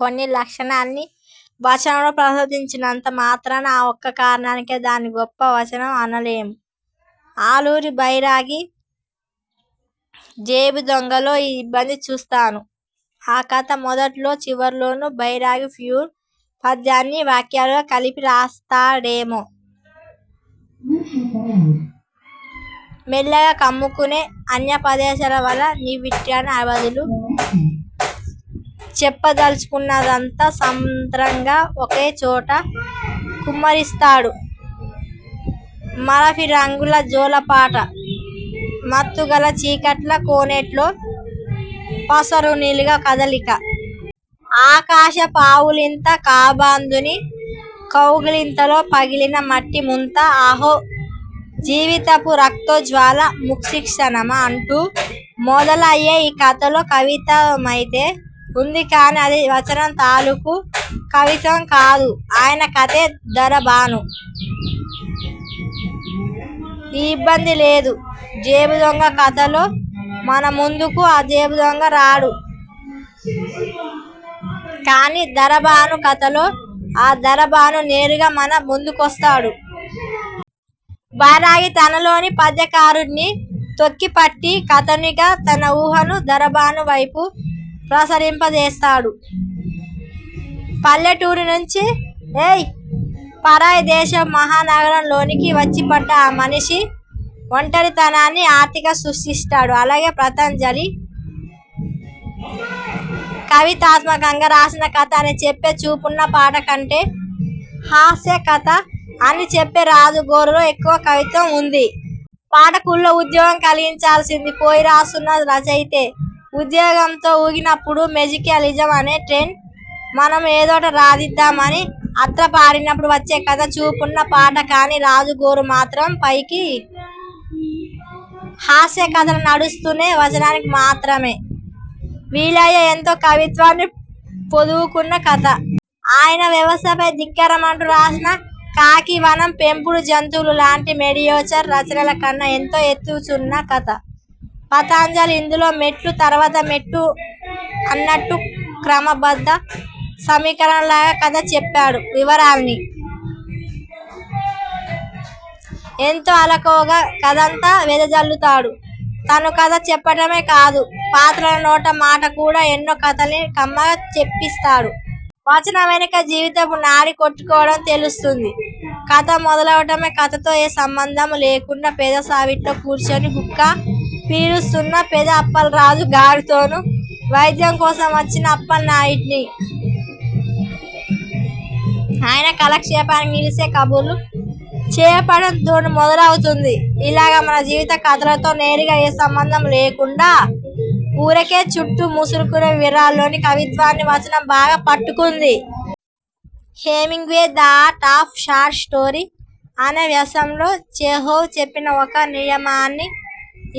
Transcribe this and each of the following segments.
కొన్ని లక్షణాల్ని వచనంలో ప్రదర్శించినంత మాత్రాన, ఆ ఒక్క కారణానికే దాన్ని గొప్ప వచనం అనలేము. ఆలూరి బైరాగి 'జేబుదొంగ'లో ఈ ఇబ్బంది చూస్తాను. ఆ కథ మొదట్లోనూ చివర్లోనూ బైరాగి ప్యూర్ పద్యాన్ని వాక్యాలుగా కలిపి రాసేస్తాడు. ''మెల్లగా కమ్ముకొనే అన్యాపదేశాల వల''ని పన్నటానికి బదులు, చెప్పదల్చుకున్నదంతా సాంద్రంగా ఒకేచోట కుమ్మరించేస్తాడు ''మరఫిరంగుల జోలపాట, మత్తుగల చీకట్ల కోనేట్లో పసరునీరుల కదలిక. ఆకాశపు ఆవులింత. కబంధుని కౌగిలింతలో పగిలిన మట్టిముంత. అహో! జీవితపు రక్తోజ్వల ముక్తిక్షణమా'' అంటూ మొదలయ్యే ఈ కథలో కవిత్వమైతే ఉంది, కానీ అది వచనం తాలూకు కవిత్వం కాదు. ఆయన కథే 'దరబాను'లో ఈ ఇబ్బంది లేదు. 'జేబుదొంగ' కథలో మన ముందుకు ఆ జేబుదొంగ రాడు, కానీ 'దరబాను' కథలో ఆ దరబాను నేరుగా మన ముందుకొస్తాడు. బైరాగి తనలోని పద్యకారుడ్ని తొక్కిపట్టి, కథకునిగా తన ఊహను దరబాను వైపు ప్రసరింపజేస్తాడు. పల్లెటూరి నుంచి పరాయి దేశపు మహా నగరంలోనికి వచ్చిపడ్డ ఆ మనిషి ఒంటరితనాన్ని ఆర్తిగా స్పృశిస్తాడు. అలాగే పతంజలి కవితాత్మకంగా రాసిన కథ అని చెప్పే 'చూపున్న పాట' కంటే, హాస్య కథ అని చెప్పే 'రాజుగోరు'లో ఎక్కువ కవిత్వం ఉంది. పాఠకుల్లో ఉద్వేగం కలిగించాల్సింది పోయి రాస్తున్న రచయితే ఉద్వేగంతో ఊగినప్పుడూ, మేజిక్రియలిజం అనే ట్రెండ్ కి మనమూ ఏదోటి రాద్దామని ఆత్రపడినప్పుడూ వచ్చే కథ 'చూపున్న పాట'. కానీ 'రాజుగోరు' మాత్రం పైకి హాస్య కథలా నడుస్తూనే, వచనానికి మాత్రమే వీలయ్యే ఎంతో కవిత్వాన్ని పొదువుకున్న కథ. ఆయన వ్యవస్థపై ధిక్కారమంటూ రాసిన 'ఖాకీవనం', 'పెంపుడు జంతువులు' లాంటి మీడియోకర్ రచనల కన్నా ఎంతో ఎత్తు నున్న కథ. పతంజలి ఇందులో మెట్టు తర్వాత మెట్టు అన్నట్టు క్రమబద్ధ సమీకరణంలాగ కథ చెప్పడు. వివరాల్ని ఎంతో అలవోకగా కథంతా వెదజల్లుతాడు. తను కథ చెప్పటమే కాదు, పాత్రల నోట మాట కూడా ఎన్నో కథల్ని కమ్మగా చెప్పిస్తాడు. వచనం వెనుక జీవితపు నాడి కొట్టుకోవడం తెలుస్తుంది. కథ మొదలవటమే, కథతో ఏ సంబంధమూ లేకుండా పెదసావిట్లో కూర్చుని హుక్కా పీలుస్తున్న పెద అప్పల్రాజు గారితోనూ, వైద్యం కోసం వచ్చిన అప్పల్నాయుడ్ని ఆయన కాలక్షేపానికి నిలేసి కబుర్లు చెప్పటంతోనూ మొదలవుతుంది. ఇలాగ మన జీవిత కథలతో నేరుగా ఏ సంబంధమూ లేకుండా ఊరకే చుట్టూ ముసురుకునే వివరాల్లోని కవిత్వాన్ని వచనం బాగా పట్టుకుంటుంది. Hemingway 'the art of short story' అనే వ్యాసంలో చెహోవ్ చెప్పిన ఒక నియమాన్ని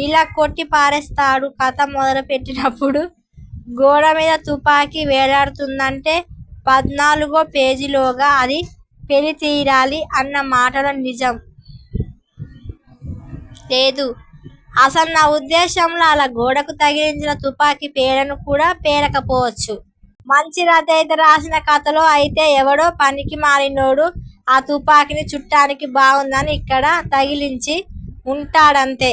ఇలా కొట్టిపారేస్తాడు కథ మొదలుపెట్టినప్పుడు గోడ మీద తుపాకీ వేలాడుతోందంటే పద్నాలుగో పేజీలోగా అది పేలి తీరాలీ అన్న మాటలో నిజం లేదు. అసలు నా ఉద్దేశంలో, అలా గోడకు తగిలించిన తుపాకీ పేలను కూడా పేలకపోవచ్చు. మంచి రచయిత రాసిన కథలో ఐతే ఎవడో పనికిమాలినోడు ఆ తుపాకీని చూట్టానికి బాగుందని అక్కడ తగిలించి ఉంటాడంతే.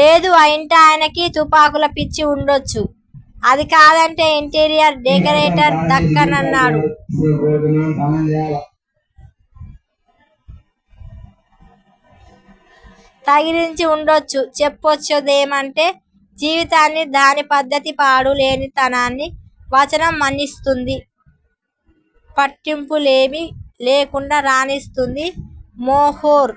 లేదూ ఆ ఇంటాయనకి తుపాకుల పిచ్చి ఉండొచ్చు. అదీ కాదంటే, ఇంటీరియర్ డెకరేటర్ దాన్నక్కడ తగిలించి వుండొచ్చు. చెప్పొచ్చేదేమిటంటే జీవితాన్నీ, దాని పద్ధతీపాడూ లేనితనాన్నీ వచనం మన్నిస్తుంది, పట్టింపులేమీ లేకుండా రానిస్తుంది. మెహెర్